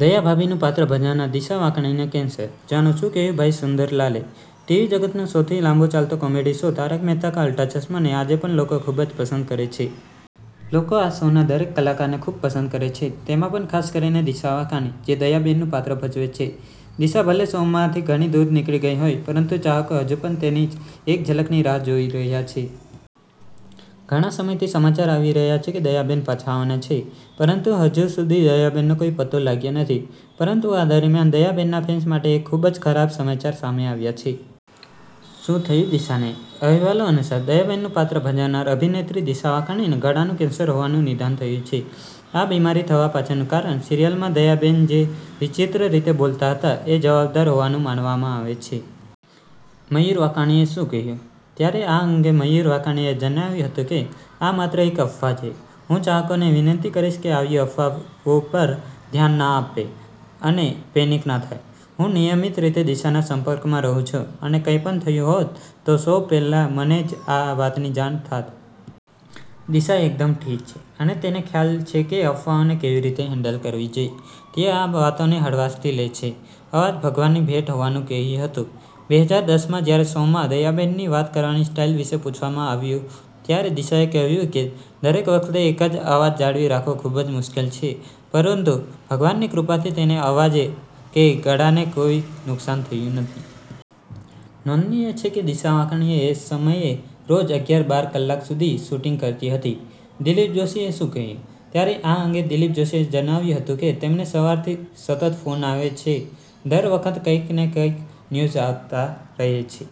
દયાભાભીનું પાત્ર ભજવનાર દિશા વાકાણીને કેન્સર? જાણો શું કહ્યું ભાઈ સુંદર લાલે: ટીવી જગતનો સૌથી લાંબો ચાલતો કોમેડી શો 'તારક મહેતા કા ઉલ્ટા ચશ્મા' ને આજે પણ લોકો ખુબ જ પસંદ કરે છે. લોકો આ શોના દરેક કલાકારને ખૂબ પસંદ કરે છે. તેમાં પણ ખાસ કરીને દિશા વાકાણી, જે દયાબેન નું પાત્ર ભજવે છે. દિશા ભલે શોમાંથી ઘણી દૂર નીકળી ગઈ હોય, પરંતુ ચાહકો હજુ પણ તેની એક ઝલકની રાહ જોઈ રહ્યા છે. ઘણા સમયથી સમાચાર આવી રહ્યા છે કે દયાબેન પાછા આવવાના છે પરંતુ હજુ સુધી દયાબેનનો કોઈ પત્તો લાગ્યો નથી. પરંતુ આ દરમિયાન દયાબેનના ફેન્સ માટે એક ખૂબ જ ખરાબ સમાચાર સામે આવ્યા છે. શું થયું દિશાને? અહેવાલો અનુસાર, દયાબેનનું પાત્ર ભજવનાર અભિનેત્રી દિશા વાકાણીને ગળાનું કેન્સર હોવાનું નિદાન થયું છે. આ બીમારી થવા પાછળનું કારણ સિરિયલમાં દયાબેન જે વિચિત્ર રીતે બોલતાં હતાં એ જવાબદાર હોવાનું માનવામાં આવે છે. મયૂર વાકાણીએ શું કહ્યું? ત્યારે આ અંગે મયૂર વાકાણીએ જણાવ્યું હતું કે, 'આ માત્ર એક અફવા છે. હું ચાહકોને વિનંતી કરીશ કે આવી અફવાઓ પર ધ્યાન ના આપે અને પેનિક ના થાય. હું નિયમિત રીતે દિશાના સંપર્કમાં રહું છું અને કંઈપણ થયું હોત તો સૌ પહેલા મને જ આ વાતની જાણ થાત. દિશા એકદમ ઠીક છે અને તેને ખ્યાલ છે કે અફવાઓને કેવી રીતે હેન્ડલ કરવી જોઈએ. તે આ બધી વાતોને હળવાશથી લે છે.' અવાજ ભગવાનની ભેટ હોવાનું કહ્યું હતું: બેહજાર દસ માં જ્યારે શોમાં દયાબેનની વાત કરવાની સ્ટાઈલ વિશે પૂછવામાં આવ્યું ત્યારે દિશાએ કહ્યું કે, દરેક વખતે એક જ અવાજ જાળવી રાખવો ખૂબ જ મુશ્કેલ છે, પરંતુ ભગવાનની કૃપાથી તેના અવાજ કે ગળાને કોઈ નુકસાન થયું નથી. નોંધનીય છે કે દિશા વાકાણી એ સમયે રોજ અગ્યાર-બાર કલાક સુધી શૂટિંગ કરતી હતી. દિલીપ જોષીએ શું કહ્યું? ત્યારે આ અંગે દિલીપ જોષીએ જણાવ્યું હતું કે, તેમને સવારથી સતત ફોન આવે છે. દર વખતે કંઈક ને કંઈક ન્યૂઝ આવતા રહે છે.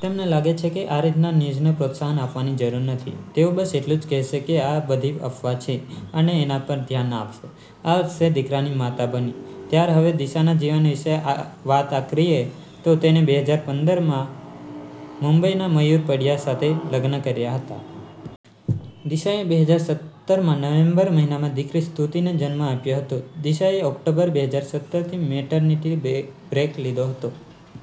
તેમને લાગે છે કે આ રીતના ન્યૂઝને પ્રોત્સાહન આપવાની જરૂર નથી. તેઓ બસ એટલું જ કહેશે કે આ બધી અફવા છે અને એના પર ધ્યાન ના આપશો. આ વર્ષે દીકરાની માતા બની: ત્યારે હવે દિશાના જીવન વિશે વાત અક્રીએ તો, તેણે બેહજાર પંદર માં મુંબઈના મયૂર પડિયા સાથે લગ્ન કર્યા હતા. દિશાએ બેહજાર સત્તર માં નવેમ્બર મહિનામાં દીકરી સ્તુતિને જન્મ આપ્યો હતો. દિશાએ ઓક્ટોબર, બેહજાર સત્તરથી મૅટરનિટી બ્રેક લીધો હતો.